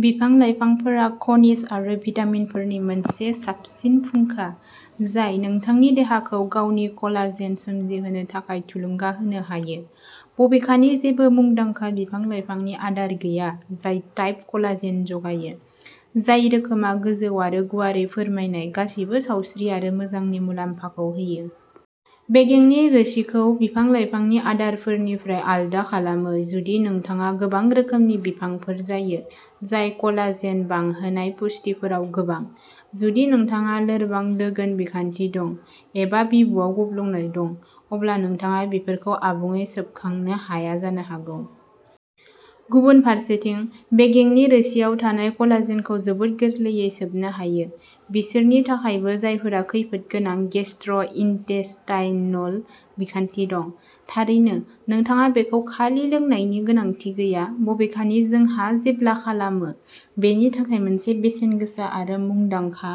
बिफां-लाइफांफोरा खनिज आरो भिटामिनफोरनि मोनसे साबसिन फुंखा जाय नोंथांनि देहाखौ गावनि कलाजेन सोमजिहोनो थाखाय थुलुंगा होनो हायो, बबेखानि जेबो मुंदांखा बिफां-लाइफांनि आदार गैया जाय टाइप कलाजेन जगायो, जाय रोखोमआ गोजौ आव गुवारै फोरमायनाय गासैबो सावस्रि आरो मोजांनि मुलाम्फाखौ होयो। बेगेंनि रोसिखौ बिफां-लाइफांनि आदारफोरनिफ्राय आलादा खालामो जुदि नोंथाङा गोबां रोखोमनि बिफांफोर जायो जाय कलाजेन बांहोनाय पुष्टिफोराव गोबां, जुदि नोंथांहा लोरबां दोगोन बिखान्थि दं एबा बिबुआव गब्लंनाय दं, अब्ला नोंथाङा बेफोरखौ आबुङै सोबखांनो हाया जानो हागौ। गुबुन फारसेथिं, बेगेंनि रोसिआव थानाय कलाजेनखौ जोबोद गोरलैयै सोबनो हायो, बिसोरनि थाखायबो जायफोरा खैफोदगोनां गेस्ट्र' इन्टेस्टाइनल बिखान्थि दं। थारैनो, नोंथाङा बेखौ खालि लोंनायनि गोनांथि गैया बबेखानि जोंहा जेब्ला खालामो बेनि थाखाय मोनसे बेसेनगोसा आरो मुंदांखा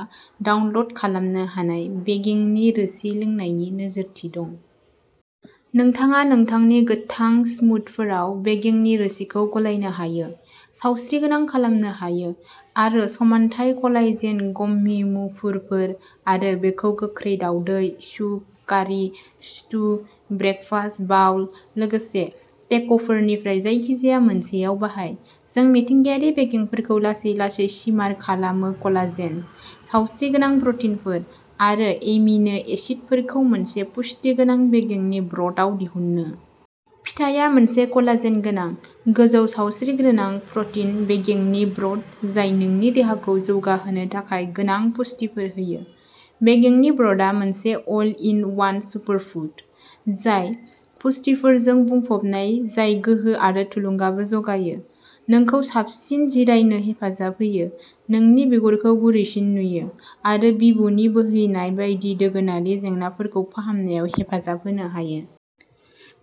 डाउनल'ड खालामनो हानाय बेगेंनि रोसि लोंनायनि नोजोरथि दं। नोंथाङा नोंथांनि गोथां स्मूदिफोराव बेगेंनि रोसिखौ गलायनो हायो, सावस्रिगोनां खालामनो हायो। आरो समानथाय कलाजेन गम्मी मुफुरफोर, आरो बेखौ गोख्रै दावदै, soup, curry, stew, breakfast bowl, लोगोसे टेक'फोरनिफ्राय जायखिजाया मोनसेआव बाहाय। जों मिथिंगायारि बेगेंफोरखौ लासै-लासै सिमार खालामो कलाजेन, सावस्रिगोनां प्र'टिनफोर, आरो एमिनो एसिडफोरखौ मोनसे पुष्टि गोनां बेगेंनि ब्र'थआव दिहुननो। फिथायआ मोनसे कलाजेन गोनां, गोजौ सावस्रिगोनां प्र'टिन बेगेंनि ब्र'थ जाय नोंनि देहाखौ जौगा होनो थाखाय गोनां पुष्टिफोर होयो। बेगेंनि ब्र'थआ मोनसे अल इन वान सुपारफुड, जाय पुष्टिफोरजों बुंफबनाय जाय गोहो आरो थुलुंगाबो जगायो, नोंखौ साबसिन जिरायनो हेफाजाब होयो, नोंनि बिगुरखौ गुरैसिन नुयो, आरो बिबुनि बोहैनाय बायदि दोगोनारि जेंनाफोरखौ फाहामनायाव हेफाजाब होनो हायो।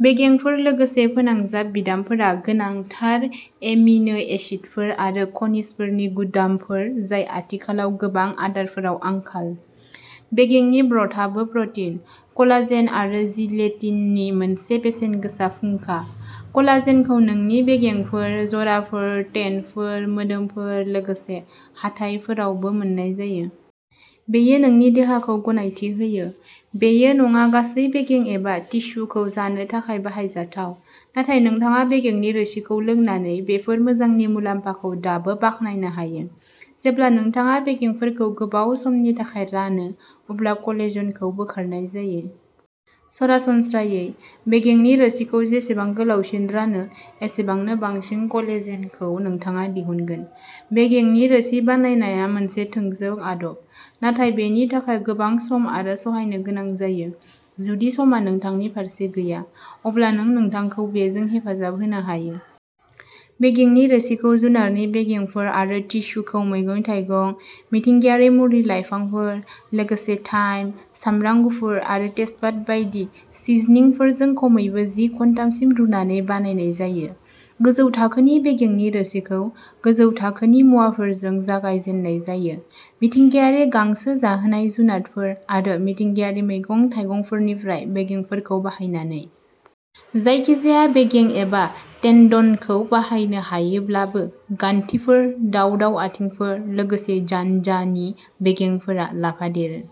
बेगेंफोर लोगोसे फोनांजाब बिदामफोरा गोनांथार एमिनो एसिडफोर आरो खनिजफोरनि गुदामफोर जाय आथिखालाव गोबां आदारफोराव आंखाल। बेगेंनि ब्र'थाबो प्र'टिन, कलाजेन आरो जिलेटिननि मोनसे बेसेनगोसा फुंखा। कलाजेनखौ नोंनि बेगेंफोर, जराफोर, टेन्डनफोर, मोदोमफोर, लोगोसे हाथाइफोरावबो मोन्नाय जायो। बेयो नोंनि देहाखौ गनायथि होयो। बेयो नङा गासै बेगें एबा टिस्युखौ जानो थाखाय बाहायजाथाव, नाथाय नोंथाङा बेगेंनि रोसिखौ लोंनानै बेफोर मोजांनि मुलाम्फाखौ दाबो बाखनायनो हायो। जेब्ला नोंथाङा बेगेंफोरखौ गोबाव समनि थाखाय रानो, अब्ला कलेजेनखौ बोखारनाय जायो। सरासनस्रायै, बेगेंनि रोसिखौ जेसेबां गोलावसिन रानो, एसेबांनो बांसिन कलेजेनखौ नोंथाङा दिहुनगोन। बेगेंनि रोसि बानायनाया मोनसे थोंजों आदब, नाथाय बेनि थाखाय गोबां सम आरो सहायनो गोनां जायो। जुदि समआ नोंथांनि फारसे गैया, अब्ला जों नोंथांखौ बेजों हेफाजाब होनो हायो। बेगेंनि रोसिखौ जुनारनि बेगेंफोर आरो टिस्युखौ मैगं-थाइगं, मिथिंगायारि मुलि-लाइफांफोर, लोगोसे थाइम, सामब्राम गुफुर आरो तेजपात बायदि सिजनिंफोरजों खमैबो जि घन्टासिम रुनानै बानायनाय जायो। गोजौ थाखोनि बेगेंनि रोसिखौ गोजौ थाखोनि मुवाफोरजों जागाय जेननाय जायो, मिथिंगायारि गांसो जाहोनाय जुनारफोर आरो मिथिंगायारि मैगं-थाइगंफोरनिफ्राय बेगेंफोरखौ बाहायनानै। जायखिजाया बेगें एबा टेन्डनखौ बाहायनो हायोब्लाबो, गान्थिफोर, दाव-दाव आथिंफोर, लोगोसे जान्जानि बेगेंफोरा लाफादेरो।